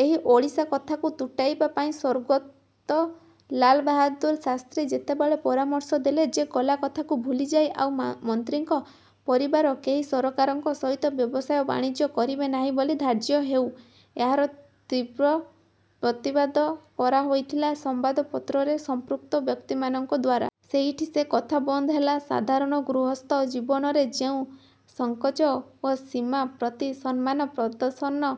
ଏହି ଓଡ଼ିଶା କଥାକୁ ତୁଟାଇବା ପାଇଁ ସ୍ୱର୍ଗତ ଲାଲବାହାଦୂର ଶାସ୍ତ୍ରୀ ଯେତେବେଳେ ପରାମର୍ଶ ଦେଲେ ଯେ ଗଲାକଥାକୁ ଭୁଲିଯାଇ ଆଉ ମନ୍ତ୍ରୀଙ୍କ ପରିବାର କେହି ସରକାରଙ୍କ ସହିତ ବ୍ୟବସାୟ ବାଣିଜ୍ୟ କରିବେ ନାହିଁ ବୋଲି ଧାର୍ଯ୍ୟ ହେଉ। ଏହାର ତୀବ୍ର ପ୍ରତିବାଦ କରାହୋଇଥିଲା ସମ୍ବାଦପତ୍ରରେ ସଂପୃକ୍ତ ବ୍ୟକ୍ତିମାନଙ୍କ ଦ୍ୱାରା। ସେଇଠି ସେ କଥା ବନ୍ଦ ହେଲା। ସାଧାରଣ ଗୃହସ୍ଥ ଜୀବନରେ ଯେଉଁ ସଂକୋଚ ଓ ସୀମା ପ୍ରତି ସମ୍ମାନ ପ୍ରଦର୍ଶନ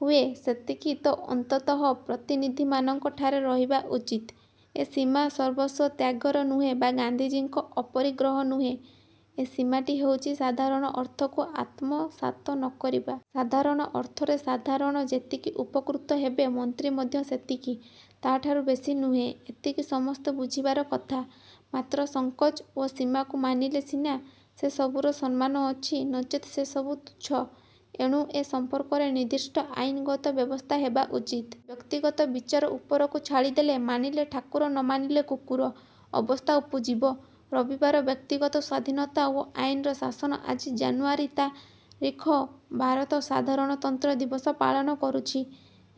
ହୁଏ ସେତିକି ତ ଅନ୍ତତଃ ପ୍ରତିନିଧିମାନଙ୍କଠାରେ ରହିବା ଉଚିତ। ଏ ସୀମା ସର୍ବସ୍ୱ ତ୍ୟାଗର ନୁହେଁ ବା ଗାନ୍ଧିଜୀଙ୍କ ଅପରିଗ୍ରହ ନୁହେଁ। ଏ ସୀମାଟି ହେଉଛି ସାଧାରଣ ଅର୍ଥକୁ ଆତ୍ମସାତ ନ କରିବା। ସାଧାରଣ ଅର୍ଥରେ ସାଧାରଣ ଯେତିକି ଉପକୃତ ହେବେ ମନ୍ତ୍ରୀ ମଧ୍ୟ ସେତିକି; ତା'ଠାରୁ ବେଶି ନୁହେଁ। ଏତିକି ସମସ୍ତେ ବୁଝିବାର କଥା। ମାତ୍ର ସଂକୋଚ ଓ ସୀମାକୁ ମାନିଲେ ସିନା ସେ ସବୁର ସମ୍ମାନ ଅଛି। ନଚେତ୍ ସେ ସବୁ ତୁଚ୍ଛ। ଏଣୁ ଏ ସମ୍ପର୍କରେ ନିର୍ଦ୍ଦିଷ୍ଟ ଆଇନଗତ ବ୍ୟବସ୍ଥା ହେବା ଉଚିତ। ବ୍ୟକ୍ତିଗତ ବିଚାର ଉପରକୁ ଛାଡ଼ିଦେଲେ ''ମାନିଲେ ଠାକୁର ନ ମାନିଲେ କୁକୁର'' ଅବସ୍ଥା ଉପୁଜିବ। ରବିବାର ବ୍ୟକ୍ତିଗତ ସ୍ୱାଧୀନତା ଓ ଆଇନର ଶାସନ ଆଜି ଜାନୁଆରୀ ତା ରିଖ ଭାରତ ସାଧାରଣତନ୍ତ୍ର ଦିବସ ପାଳନ କରୁଛି।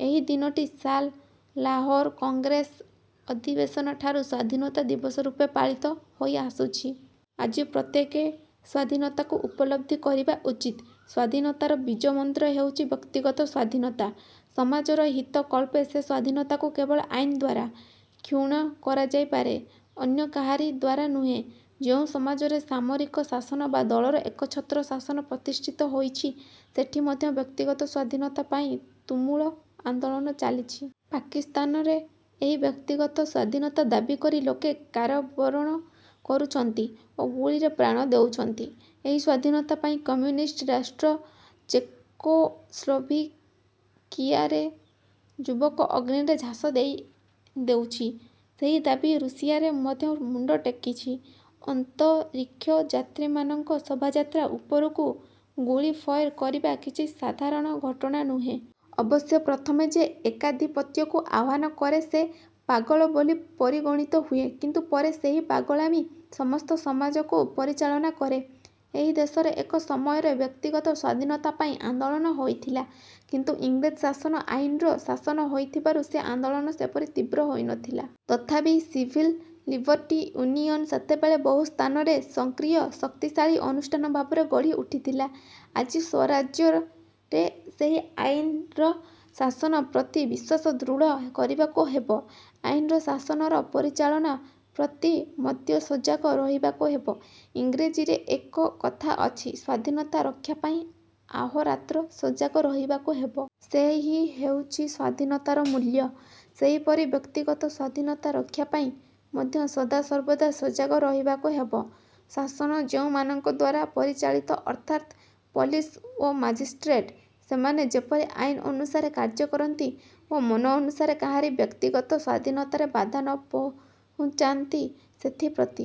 ଏହି ଦିନଟି ସାଲ ଲାହୋର କଂଗ୍ରେସ ଅଧିବେଶନଠାରୁ ସ୍ୱାଧୀନତା ଦିବସରୂପେ ପାଳିତ ହୋଇ ଆସୁଛି। ଆଜି ପ୍ରତ୍ୟେକେ ସ୍ୱାଧୀନତାକୁ ଉପଲବ୍ଧି କରିବା ଉଚିତ। ସ୍ୱାଧୀନତାର ବୀଜମନ୍ତ୍ର ହେଉଛି ବ୍ୟକ୍ତିଗତ ସ୍ୱାଧୀନତା। ସମାଜର ହିତ କଳ୍ପେ ସେ ସ୍ୱାଧୀନତାକୁ କେବଳ ଆଇନଦ୍ୱାରା। କ୍ଷୁଣ୍ଣ କରାଯାଇପାରେ, ଅନ୍ୟ କାହାରି ଦ୍ୱାରା ନୁହେଁ। ଯେଉଁ ସମାଜରେ ସାମରିକ ଶାସନ ବା ଦଳର ଏକଛତ୍ର ଶାସନ ପ୍ରତିଷ୍ଠିତ ହୋଇଛି ସେଠି ମଧ୍ୟ ବ୍ୟକ୍ତିଗତ ସ୍ୱାଧୀନତା ପାଇଁ ତୁମୁଳ ଆନ୍ଦୋଳନ ଚାଲିଛି। ପାକିସ୍ତାନରେ ଏହି ବ୍ୟକ୍ତିଗତ ସ୍ୱାଧୀନତା ଦାବିକରି ଲୋକେ କାରାବରଣ କରୁଛନ୍ତି ଓ ଗୁଳିରେ ପ୍ରାଣ ଦେଉଛନ୍ତି। ଏହି ସ୍ୱାଧୀନତା ପାଇଁ କମ୍ୟୁନିଷ୍ଟ ରାଷ୍ଟ୍ର ଚେକୋସ୍ଲୋଭାକିଆରେ ଯୁବକ ଅଗ୍ନିରେ ଝାସ ଦେଇ ଦେଉଛି। ସେହି ଦାବି ରୁଷିଆରେ ମଧ୍ୟ ମୁଣ୍ଡ ଟେକିଛି। ଅନ୍ତରୀକ୍ଷ ଯାତ୍ରୀମାନଙ୍କ ଶୋଭାଯାତ୍ରା ଉପରକୁ ଗୁଳି ଫଏର କରିବା କିଛି ସାଧାରଣ ଘଟଣା ନୁହେଁ। ଅବଶ୍ୟ ପ୍ରଥମେ ଯେ ଏକାଧିପତ୍ୟକୁ ଆହ୍ୱାନ କରେ ସେ ପାଗଳ ବୋଲି ପରିଗଣିତ ହୁଏ; କିନ୍ତୁ ପରେ ସେହି ପାଗଳାମି ସମସ୍ତ ସମାଜକୁ ପରିଚାଳନା କରେ। ଏହି ଦେଶରେ ଏକ ସମୟରେ ବ୍ୟକ୍ତିଗତ ସ୍ୱାଧୀନତା ପାଇଁ ଆନ୍ଦୋଳନ ହୋଇଥିଲା। କିନ୍ତୁ ଇଂରେଜ ଶାସନ ଆଇନର ଶାସନ ହୋଇଥିବାରୁ ସେ ଆନ୍ଦୋଳନ ସେପରି ତୀବ୍ର ହୋଇ ନଥିଲା। ତଥାପି ସିଭିଲ ଲିବର୍ଟି ୟୁନିଅନ ସେତେବେଳେ ବହୁ ସ୍ଥାନରେ ସକ୍ରିୟ ଶକ୍ତିଶାଳୀ ଅନୁଷ୍ଠାନ ଭାବରେ ଗଢ଼ି ଉଠିଥିଲା। ଆଜି ସ୍ୱରାଜ୍ୟରେ ସେହି ଆଇନର ଶାସନ ପ୍ରତି ବିଶ୍ୱାସ ଦୃଢ଼ କରିବାକୁ ହେବ। ଆଇନର ଶାସନର ପରିଚାଳନା ପ୍ରତି ମଦ୍ୟ ସଜାଗ ରହିବାକୁ ହେବ। ଇଂରେଜୀରେ ଏକ କଥା ଅଛି- ସ୍ୱାଧୀନତା ରକ୍ଷାପାଇଁ ଆହୋରାତ୍ର ସଜାଗ ରହିବାକୁ ହେବ। ସେହି ହେଉଛି ସ୍ୱାଧୀନତାର ମୂଲ୍ୟ। ସେହିପରି ବ୍ୟକ୍ତିଗତ ସ୍ୱାଧୀନତା ରକ୍ଷା ପାଇଁ ମଧ୍ୟ ସଦାସର୍ବଦା ସଜାଗ ରହିବାକୁ ହେବ। ଶାସନ ଯେଉଁମାନଙ୍କ ଦ୍ୱାରା ପରିଚାଳିତ ଅର୍ଥାତ୍ ପୋଲିସ ଓ ମାଜିଷ୍ଟ୍ରେଟ ସେମାନେ ଯେପରି ଆଇନ ଅନୁସାରେ କାର୍ଯ୍ୟ କରନ୍ତି ଓ ମନ ଅନୁସାରେ କାହାରି ବ୍ୟକ୍ତିଗତ ସ୍ୱାଧୀନତାରେ ବାଧା ନ ପହୁଞ୍ଚାନ୍ତି ସେଥିପ୍ରତି